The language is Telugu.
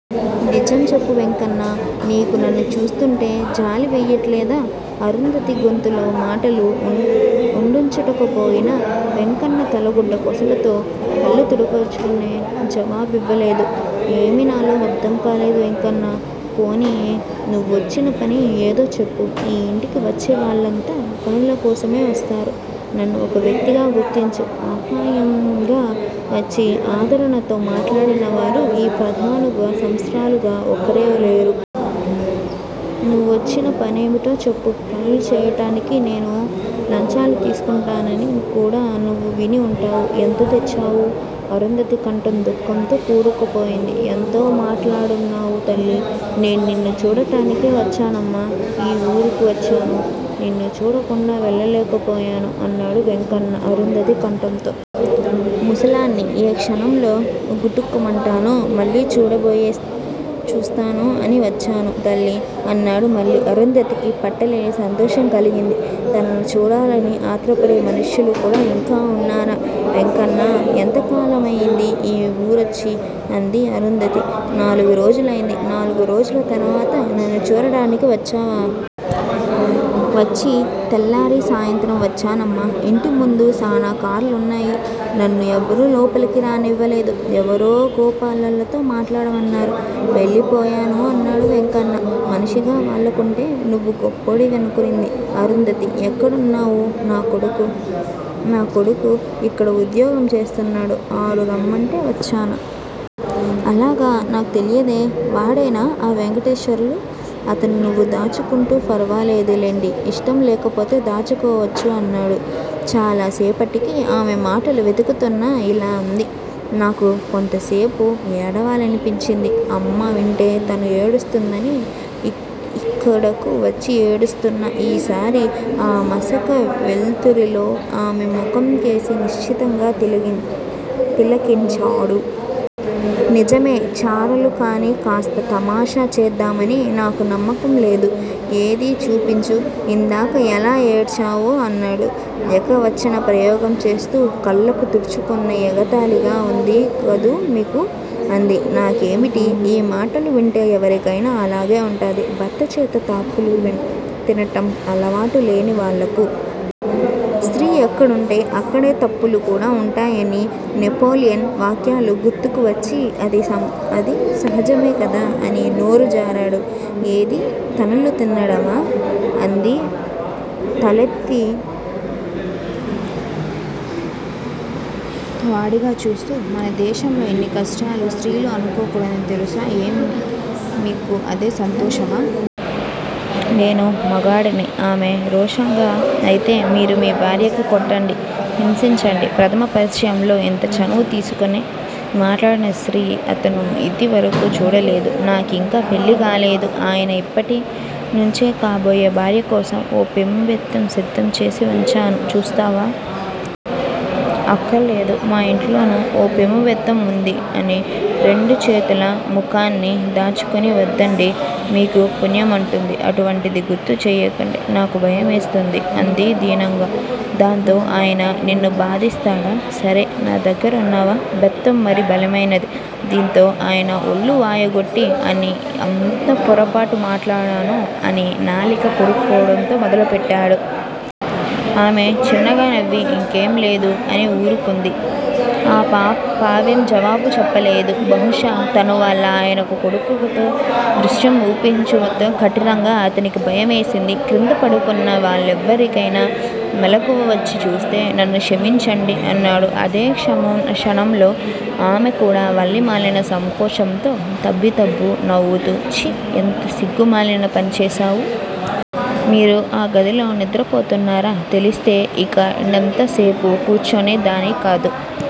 నిజం చెప్పు వెంకన్నా! నీకు నన్ను చూస్తూంటే జాలి వెయ్యటలేదూ? అరుంధతి గొంతులో మాటలు ఉండచుట్టుకుపోయాయి. వెంకన్న తలగుడ్డ కొసలతో కళ్ళు తుడుచుకున్నాడు. జవాబివ్వలేదు. ఏమనాలో అర్ధంకాలేదు. వెంకన్నా! పోనియ్. నువ్వొచ్చిన పని ఏదో చెప్పు. ఈ ఇంటికి వచ్చేవాళ్ళంతా పనులకోసమే వస్తారు. నన్ను ఒక వ్యక్తిగా గుర్తించి, ఆప్యాయంగా వచ్చి ఆదరణతో మాట్లాడినవారు ఈ పద్దానుగు సంవత్సరాలుగా ఒక్కరే లేరు. నువ్వొచ్చిన పనేమిటో చెప్పు. పనులు చెయ్యటానికి నేను లంచాలు తీసుకుంటానని కూడా నువ్వు విని ఉంటావు. ఎంత తెచ్చావు? అరుంధతి కంఠం దుఃఖంతో పూడుకుపోయింది. ఎంత మాటన్నావు తల్లీ! నేను నిన్ను చూట్టానికే వచ్చానమ్మా! ఈ వూరుకు వచ్చాను. నిన్ను చూడకుండా వెళ్ళలేకపోయాను అన్నాడు వెంకన్న ఆరుద్ధకంఠంతో. ముసలాడ్ని! ఏ క్షణంలో గుటుక్కుమంటానో. మళ్ళీ చూడబోయి చూస్తానా అని వచ్చాను తల్లీ! అన్నాడు మళ్ళీ. అరుంధతికి పట్టలేని సంతోషం కలిగింది. తనను చూడాలని ఆత్రపడే మనుష్యులు కూడా ఇంకా ఉన్నారు! వెంకన్నా! ఎంత కాలమయింది ఈ వూరొచ్చి? అంది అరుంధతి. నాలుగు రోజులయింది. నాలుగు రోజుల తరవాతా నన్ను చూడాట్టానికి వచ్చావు? వచ్చి తెల్లారీ, సాయంత్రం వచ్చానమ్మా! ఇంటిముందు శానా కార్లు ఉన్నాయి. నన్ను ఎవరూ లోపలకు రానివాలేదు. ఎవరో గొప్పోళ్ళతో మాట్లాడుతున్నావని వెళ్ళిపోయాను అన్నాడు వెంకన్న. మనిషిగా వాళ్ళకంటే నువ్వే గొప్పోడివి అనుకుంది అరుంధతి. ఎక్కడున్నావు? నా కొడుకు ఇక్కడ ఉద్యోగం చేస్తున్నాడు. ఆడు రమ్మంటే వచ్చాను. అలాగా! నాకు తెలియదే? వాడేనా ఆ వెంకటేశ్వర్లు? అతను నవ్వు దాచుకుంటూ ఫర్వాలేదు లెండి ఇష్టం లేకపోతే దాచుకోవచ్చు అన్నాడు. చాలా సేపటికి ఆమె మాటలు వెతు కుతున యిలా అంది. నాకు కొంచెంసేపు ఏడవాలనిపించింది. అమ్మ వింటే తనూ ఏడుస్తుందని యిక్కడకు వచ్చి ఏడుస్తున్నా. ఈసారి ఆ మసక వెల్తుర్లో ఆమె ముఖంకేసి నిశితంగా తిలకించాడు. నిజమే! చారలు కానీ కాస్త తమాషా చేద్దామని నాకు నమ్మకంలేదు. ఏదీ చూపించు, ఇందాక ఎలా ఏడ్చావో అన్నాడు ఏకవచన ప్రయోగం చేస్తూ. కళ్ళు తుడుచుకుని ఎగతాళిగా వుంది కదూ మీకు? అంది. నాకేమిటి, యీ మాటలు వింటే ఎవరికైనా అలాగే వుంటుంది. భర్తచేత తాపులు తినటం అలవాటు లేనివాళ్ళకు. స్త్రీ ఎక్కడవుంటే అక్కడే తాపులు కూడా వుంటాయన్న నెపోలియన్ వాక్యాలు గుర్తుకు వచ్చి అది సహజమే కదా? అని నోరు జారాడు. ఏదీ? తన్నులు తినడమా? అంది తలెత్తి వాడిగా చూస్తూ. మన దేశంలో యివి కష్టాలని స్త్రీలు అనుకోకూడదు తెలుసా? ఏం? మీకూ అదే సంతోషమా? నేను మగవాడ్ని. ఆమె రోషంగా అయితే మీరు మీ భార్యను కొట్టండి, హింసించండి. ప్రధమ పరిచయంలో యింత చనువు తీస్కుని మాట్లాడిన స్త్రీని అతను యిదివరకు చూడలేదు. నాకింకా పెళ్ళికాలేదు. అయినా యిప్పటి నుంచీ కాబోయే భార్యకోసం ఓ పేముబెత్తం సిద్దం చేసి వుంచాను. చూస్తావా? అక్కర్లేదు. మా యింట్లోనూ ఓ పేముబెత్తం వుంది అని, రెండు చేతుల ముఖాన్ని దాచుకుని వద్దండీ, మీకు పుణ్యముంటుంది. అటువంటివి గుర్తు చేయకండి. నాకు భయమేస్తుంది. అంది దీనంగా. దాంతో ఆయన నిన్ను బాధిస్తాడా? సరే. నా దగ్గరవున్న బెత్తం మరీ బలమైంది. దీంతో ఆయన ఒళ్ళు వాయగొట్టు అని ఎంత పొరపాటు మాట్లాడానూ అని నాలిక కొరుక్కోవటం మొదలుపెట్టాడు. ఆమె చిన్నగా నవ్వి ఇంకేం లేదు అని ఊరుకుంది. ఆపావేం? జవాబు చెప్పలేదు. బహుశా తను వాళ్ళ ఆయనను కొడుతూన్న దృశ్యం ఊహిస్తోందేమో హఠాత్తుగా అతనికి భయంవేసింది క్రింద పడుకున్న వాళ్ళెవరికైనా మెలకువ వచ్చి చూస్తే? నన్ను క్షమించండి అన్నాడు. అదే క్షణంలో ఆమె కూడా వల్లమాలిన సంకోచంతో తబ్బిబ్బు నావుతూ ఛీ ఎంత సిగ్గుమాలిన పనిచేశాను? మీరు ఆ గదిలో నిద్రపోతున్నారని తెలిస్తే యిక్కడింత సేపు కూర్చునే దాన్ని కాదు.